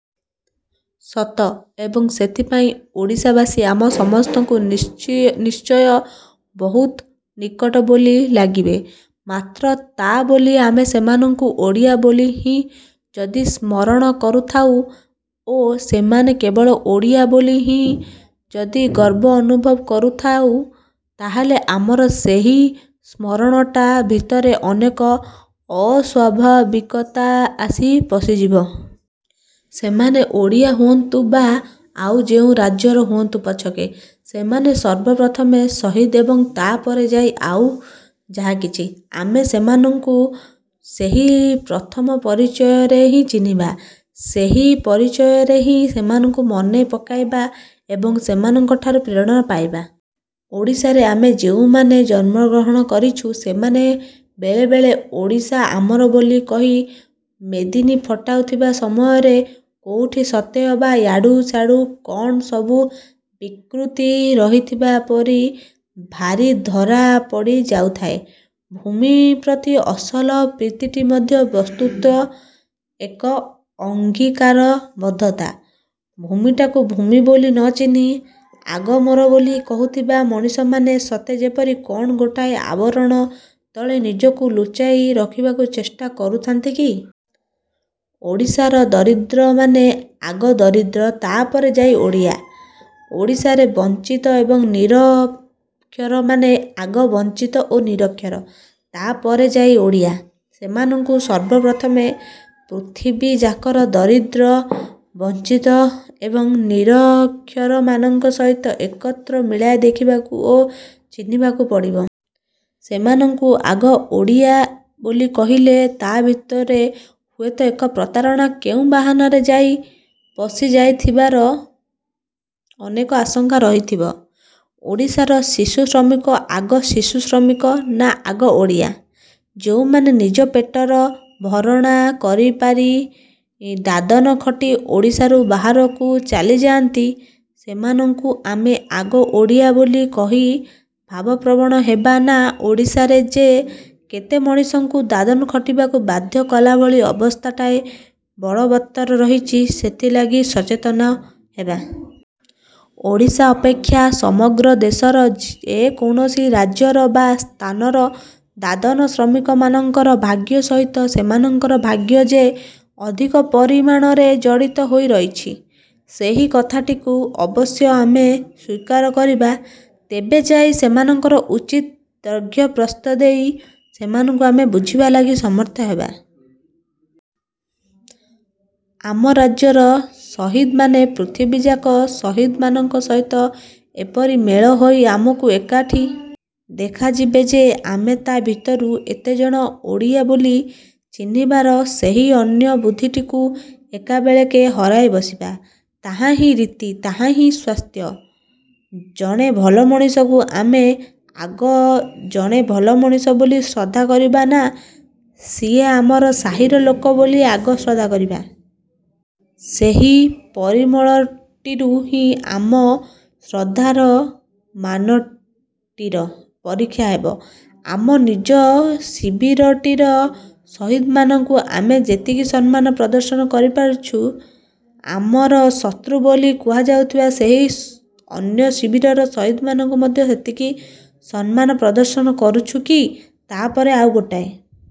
ସତ, ଏବଂ ସେଥିପାଇଁ ଓଡ଼ିଶାବାସୀ ଆମ ସମସ୍ତଙ୍କୁ ନିଶ୍ଚୟ ବହୁତ ନିକଟ ବୋଲି ଲାଗିବେ। ମାତ୍ର, ତା' ବୋଲି ଆମେ ସେମାନଙ୍କୁ ଓଡ଼ିଆ ବୋଲି ହିଁ ଯଦି ସ୍ମରଣ କରୁଥାଉ ଓ ସେମାନେ କେବଳ ଓଡ଼ିଆ ବୋଲି ହିଁ ଯଦି ଗର୍ବ ଅନୁଭବ କରୁଥାଉ, ତାହେଲେ ଆମର ସେହି ସ୍ମରଣଟା ଭିତରେ ଅନେକ ଅସ୍ୱାଭାବିକତା ଆସି ପଶିଯିବ। ସେମାନେ ଓଡ଼ିଆ ହୁଅନ୍ତୁ ବା ଆଉ ଯେଉଁ ରାଜ୍ୟର ହୁଅନ୍ତୁ ପଛକେ, ସେମାନେ ସର୍ବପ୍ରଥମେ ସହିଦ ଏବଂ ତା'ପରେ ଯାଇ ଆଉ ଯାହାକିଛି। ଆମେ ସେମାନଙ୍କୁ ସେହି ପ୍ରଥମ ପରିଚୟରେ ହିଁ ଚିହ୍ନିବା। ସେହି ପରିଚୟରେ ହିଁ ସେମାନଙ୍କୁ ମନେ ପକାଇବା ଏବଂ ସେମାନଙ୍କ ଠାରୁ ପ୍ରେରଣା ପାଇବା। ଓଡ଼ିଶାରେ ଆମେ ଯେଉଁମାନେ ଜନ୍ମଗ୍ରହଣ କରିଛୁ, ସେମାନେ ବେଳେବେଳେ ଓଡ଼ିଶା ଆମର ବୋଲି କହି ମେଦିନୀ ଫଟାଉଥିବା ସମୟରେ କୋଉଠି ସତେ ଅବା ୟାଡୁ ସାଡୁ କ'ଣ ସବୁ ବିକୃତି ରହିଥିବା ପରି ଭାରି ଧରା ପଡ଼ି ଯାଉଥାଏ। ଭୂମି ପ୍ରତି ଅସଲ ପ୍ରୀତିଟି ମଧ୍ୟ ବସ୍ତୁତଃ ଏକ ଅଙ୍ଗୀକାରବଦ୍ଧତା; ଭୂମିଟାକୁ ଭୂମି ବୋଲି ନ ଚିହ୍ନି ଆଗ ମୋର ବୋଲି କହୁଥିବା ମଣିଷମାନେ ସତେ ଯେପରି କ'ଣ ଗୋଟାଏ ଆବରଣ ତଳେ ନିଜକୁ ଲୁଚାଇ ରଖିବାକୁ ଚେଷ୍ଟା କରୁଥାନ୍ତି କି? ଓଡ଼ିଶାର ଦରିଦ୍ରମାନେ ଆଗ ଦରିଦ୍ର, ତା' ପରେ ଯାଇ ଓଡ଼ିଆ। ଓଡ଼ିଶାରେ ବଞ୍ଚିତ ଏବଂ ନିରକ୍ଷରମାନେ ଆଗ ବଞ୍ଚିତ ଓ ନିରକ୍ଷର, ତା'ପରେ ଯାଇ ଓଡ଼ିଆ। ସେମାନଙ୍କୁ ସର୍ବପ୍ରଥମେ ପୃଥିବୀଯାକର ଦରିଦ୍ର, ବଞ୍ଚିତ ଏବଂ ନିରକ୍ଷରମାନଙ୍କ ସହିତ ଏକତ୍ର ମିଳାଇ ଦେଖିବାକୁ ଓ ଚିହ୍ନିବାକୁ ପଡ଼ିବ। ସେମାନଙ୍କୁ ଆଗ ଓଡ଼ିଆ ବୋଲି କହିଲେ ତା'ଭିତରେ ହୁଏତ ଏକ ପ୍ରତାରଣା କେଉଁ ବାହାନାରେ ଯାଇ ପଶି ଯାଇଥିବାର ଅନେକ ଆଶଙ୍କା ରହିଥିବ। ଓଡ଼ିଶାର ଶିଶୁ ଶ୍ରମିକ ଆଗ ଶିଶୁ ଶ୍ରମିକ ନା ଆଗ ଓଡ଼ିଆ? ଯେଉଁମାନେ ନିଜ ପେଟର ଭରଣା କରିନପାରି ଦାଦନ ଖଟି ଓଡ଼ିଶାରୁ ବାହାରକୁ ଚାଲି ଯାଆନ୍ତି, ସେମାନଙ୍କୁ ଆମେ ଆଗ ଓଡ଼ିଆ ବୋଲି କହି ଭାବପ୍ରବଣ ହେବା ନା ଓଡ଼ିଶାରେ ଯେ କେତେ ମଣିଷଙ୍କୁ ଦାଦନ ଖଟିବାକୁ ବାଧ୍ୟ କଲାଭଳି ଅବସ୍ଥାଟାଏ ବଳବତ୍ତର ରହିଛି, ସେଥିଲାଗି ସଚେତନ ହେବା? ଓଡ଼ିଶା ଅପେକ୍ଷା ସମଗ୍ର ଦେଶର ଯେକୌଣସି ରାଜ୍ୟର ବା ସ୍ଥାନର ଦାଦନ ଶ୍ରମିକମାନଙ୍କର ଭାଗ୍ୟ ସହିତ ସେମାନଙ୍କର ଭାଗ୍ୟ ଯେ ଅଧିକ ପରିମାଣରେ ଜଡ଼ିତ ହୋଇ ରହିଛି, ସେହି କଥାଟିକୁ ଅବଶ୍ୟ ଆମେ ସ୍ୱୀକାର କରିବା। ତେବେ ଯାଇ ସେମାନଙ୍କର ଉଚିତ ଦୈର୍ଘ୍ୟ ପ୍ରସ୍ଥ ଦେଇ ସେମାନଙ୍କୁ ଆମେ ବୁଝିବା ଲାଗି ସମର୍ଥ ହେବା। ଆମ ରାଜ୍ୟର ସହିଦମାନେ ପୃଥିବୀଯାକ ସହିଦମାନଙ୍କ ସହିତ ଏପରି ମେଳ ହୋଇ ଆମକୁ ଏକାଠି ଦେଖାଯିବେ ଯେ ଆମେ ତା' ଭିତରୁ ଏତେଜଣ ଓଡ଼ିଆ ବୋଲି ଚିହ୍ନିବାର ସେହି ଅନ୍ୟ ବୁଦ୍ଧିଟିକୁ ଏକାବେଳେକେ ହରାଇ ବସିବା; ତାହାହିଁ ରୀତି, ତାହାହିଁ ସ୍ୱାସ୍ଥ୍ୟ। ଜଣେ ଭଲ ମଣିଷକୁ ଆମେ ଆଗ ଜଣେ ଭଲ ମଣିଷ ବୋଲି ଶ୍ରଦ୍ଧା କରିବା ନା ସିଏ ଆମ ସାହିର ଲୋକ ବୋଲି ଆଗ ଶ୍ରଦ୍ଧା କରିବା? ସେହି ପରିମଳଟିରୁ ହିଁ ଆମ ଶ୍ରଦ୍ଧାର ମାନଟିର ପରୀକ୍ଷା ହେବ। ଆମ ନିଜ ଶିବିରଟିର ସହିଦମାନଙ୍କୁ ଆମେ ଯେତିକି ସମ୍ମାନ ପ୍ରଦର୍ଶନ କରିପାରୁଛୁ, ଆମର ଶତ୍ରୁ ବୋଲି କୁହାଯାଉଥିବା ସେହି ଅନ୍ୟ ଶିବିରର ସହିଦମାନଙ୍କୁ ମଧ୍ୟ ସେତିକି ସମ୍ମାନ ପ୍ରଦର୍ଶନ କରୁଛୁ କି? ତା'ପରେ ଆଉ ଗୋଟିଏ